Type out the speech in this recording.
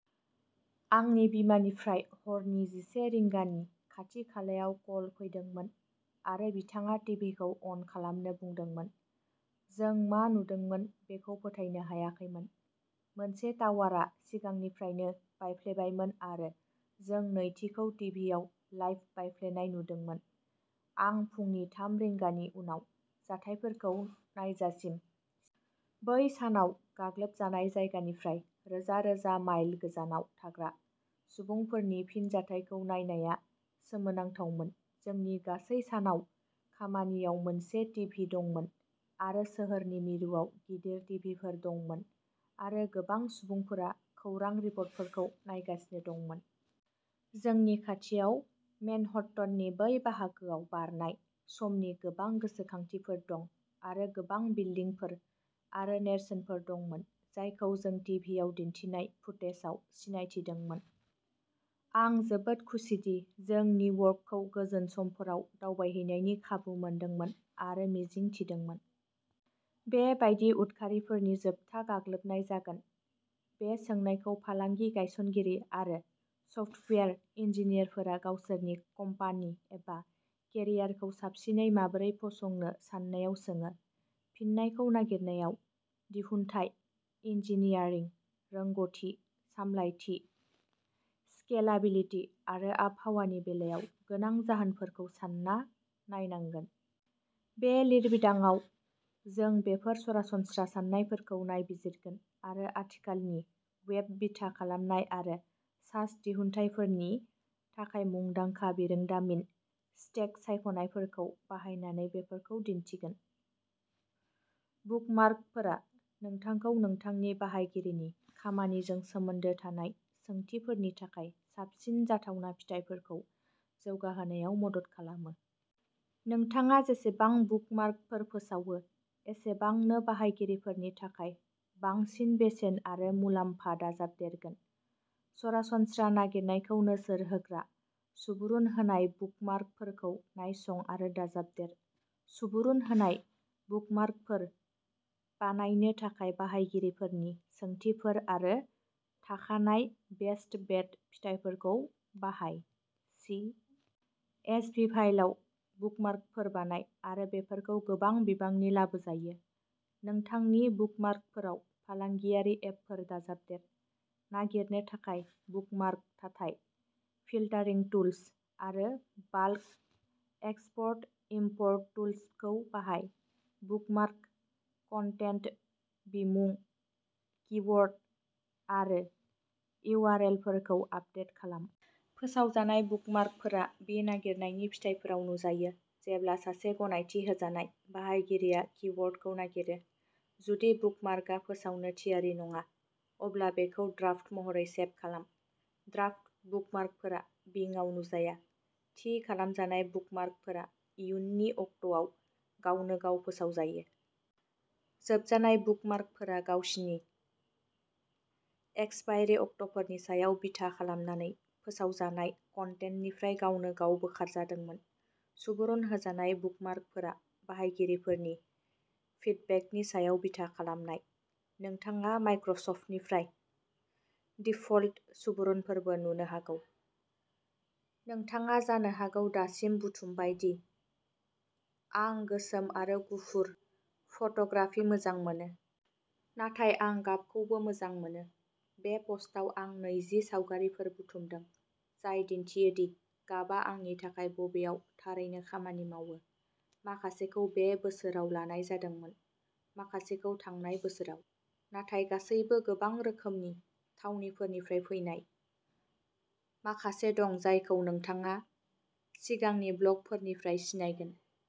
आंनि बिमानिफ्राय हरनि जिसे रिंगानि खाथि-खालायाव कल फैदोंमोन आरो बिथाङा टिभिखौ अन खालामनो बुंदोंमोन। जों मा नुदोंमोन बेखौ फोथायनो हायाखैमोन। मोनसे टावारा सिगांनिफ्रायनो बायफ्लेबायमोन आरो जों नैथिखौ टिभिआव लाइभ बायफ्लेनाय नुदोंमोन। आं फुंनि थाम रिंगानि उनाव जाथायफोरखौ नायजासिम सिरिमोन। बै सानाव गाग्लोब जानाय जायगानिफ्राय रोजा-रोजा माइल गोजानाव थाग्रा सुबुंफोरनि फिनजाथायखौ नायनाया सोमोनांथावमोन। जोंनि गासै सानाव खामानियाव मोनसे टिभि दंमोन आरो सोहोरनि मिरुआव गिदिर टिभिफोर दंमोन आरो गोबां सुबुंफोरा खौरां रिपर्टफोरखौ नायगासिनो दंमोन। जोंनि खाथियाव मेनहट्टननि बै बाहागोआव बारनाय समनि गोबां गोसोखांथिफोर दं आरो गोबां बिल्डिंफोर आरो नेरसोनफोर दंमोन जायखौ जों टिभिआव दिन्थिनाय फुटेजआव सिनायथिदोंमोन। आं जोबोद खुसिदि जों निउयर्कखौ गोजोन समफोराव दावबायहैनायनि खाबु मोनदोंमोन आरो मिजिं थिदोंमोन। बे बायदि उदखारिफोरनि जोबथा गाग्लोबनाय जागोन। बे सोंनायखौ फालांगि गायसनगिरि आरो सफ्टवेयार इन्जिनियारफोरा गावसोरनि कम्पानि एबा केरियारखौ साबसिनै माबोरै फसंनो साननायाव सोङो। फिननायखौ नागिरनायाव, दिहुनथाय, इन्जिनियारिं रोंग'थि, सामलायथि, स्केलाबिलिटि आरो आबहावानि बेलायाव गोनां जाहोनफोरखौ सानना नायनांगोन। बे लिरबिदांआव, जों बेफोर सरासनस्रा सान्नायफोरखौ नायबिजिरगोन आरो आथिखालनि वेब बिथा खालामनाय आरो सास दिहुनथायफोरनि थाखाय मुंदांखा बिरोंदामिन स्तेक सायख'नायफोरखौ बाहायनानै बेफोरखौ दिन्थिगोन। बुकमार्कफोरा नोंथांखौ नोंथांनि बाहायगिरिनि खामानिजों सोमोन्दो थानाय सोंथिफोरनि थाखाय साबसिन जाथावना फिथायफोरखौ जौगाहोनायाव मदद खालामो। नोंथाङा जेसेबां बुकमार्कफोर फोसावो, एसेबांनो बाहायगिरिफोरनि थाखाय बांसिन बेसेन आरो मुलाम्फा दाजाबदेरगोन। सरासनस्रा नागिरनायखौ नोजोर होग्रा सुबुरुन होनाय बुकमार्कफोरखौ नायसं आरो दाजाबदेर। सुबुरुन होनाय बुकमार्कफोर बानायनो थाखाय बाहायगिरिफोरनि सोंथिफोर आरो थाखानाय बेस्ट बेट फिथायफोरखौ बाहाय। सि एस भि फाइलआव बुकमार्कफोर बानाय आरो बेफोरखौ गोबां बिबांनि लाबोजायो। नोंथांनि बुकमार्कफोराव फालांगियारि एपफोर दाजाबदेर। नागिरनो थाखाय बुकमार्क थाथाय, फिल्टारिं टुल्स आरो बाल्क एक्सप'र्ट इमपर्ट टुल्सखौ बाहाय। बुकमार्क कन्टेन्ट, बिमुं, किवर्ड आरो इउआरएलफोरखौ आपडेट खालाम। फोसावजानाय बुकमार्कफोरा बि नागिरनायनि फिथाइफोराव नुजायो जेब्ला सासे गनायथि होजानाय बाहायगिरिया किवर्डखौ नागिरो। जुदि बुकमार्कआ फोसावनो थियारि नङा, अब्ला बेखौ ड्राफ्ट महरै सेब खालाम। ड्राफ्ट बुकमार्कफोरा बिंआव नुजाया। थि खालामजानाय बुकमार्कफोरा इयुननि अक्ट'आव गावनो गाव फोसावजायो। जोबजानाय बुकमार्कफोरा गावसिनि एक्सपायरि अक्ट'फोरनि सायाव बिथा खालामनानै फोसावजानाय कन्टेन्टनिफ्राय गावनो गाव बोखारजादोंमोन। सुबुरुन होजानाय बुकमार्कफोरा बाहायगिरिफोरनि फिडबेकनि सायाव बिथा खालामनाय। नोंथाङा माइक्र'सफ्टनिफ्राय दिफल्ट सुबुरुनफोरबो नुनो हागौ। नोंथाङा जानो हागौ दासिम बुथुमबाय दि आं गोसोम आरो गुफुर फट'ग्राफि मोजां मोनो। नाथाय आं गाबखौबो मोजां मोनो। बे पस्टआव आं नैजि सावगारिफोर बुथुमदों जाय दिन्थियो दि गाबआ आंनि थाखाय बबेयाव थारैनो खामानि मावो। माखासेखौ बे बोसोराव लानाय जादोंमोन, माखासेखौ थांनाय बोसोराव, नाथाय गासैबो गोबां रोखोमनि थावनिफोरनिफ्राय फैनाय। माखासे दं जायखौ नोंथाङा सिगांनि ब्लगफोरनिफ्राय सिनायगोन।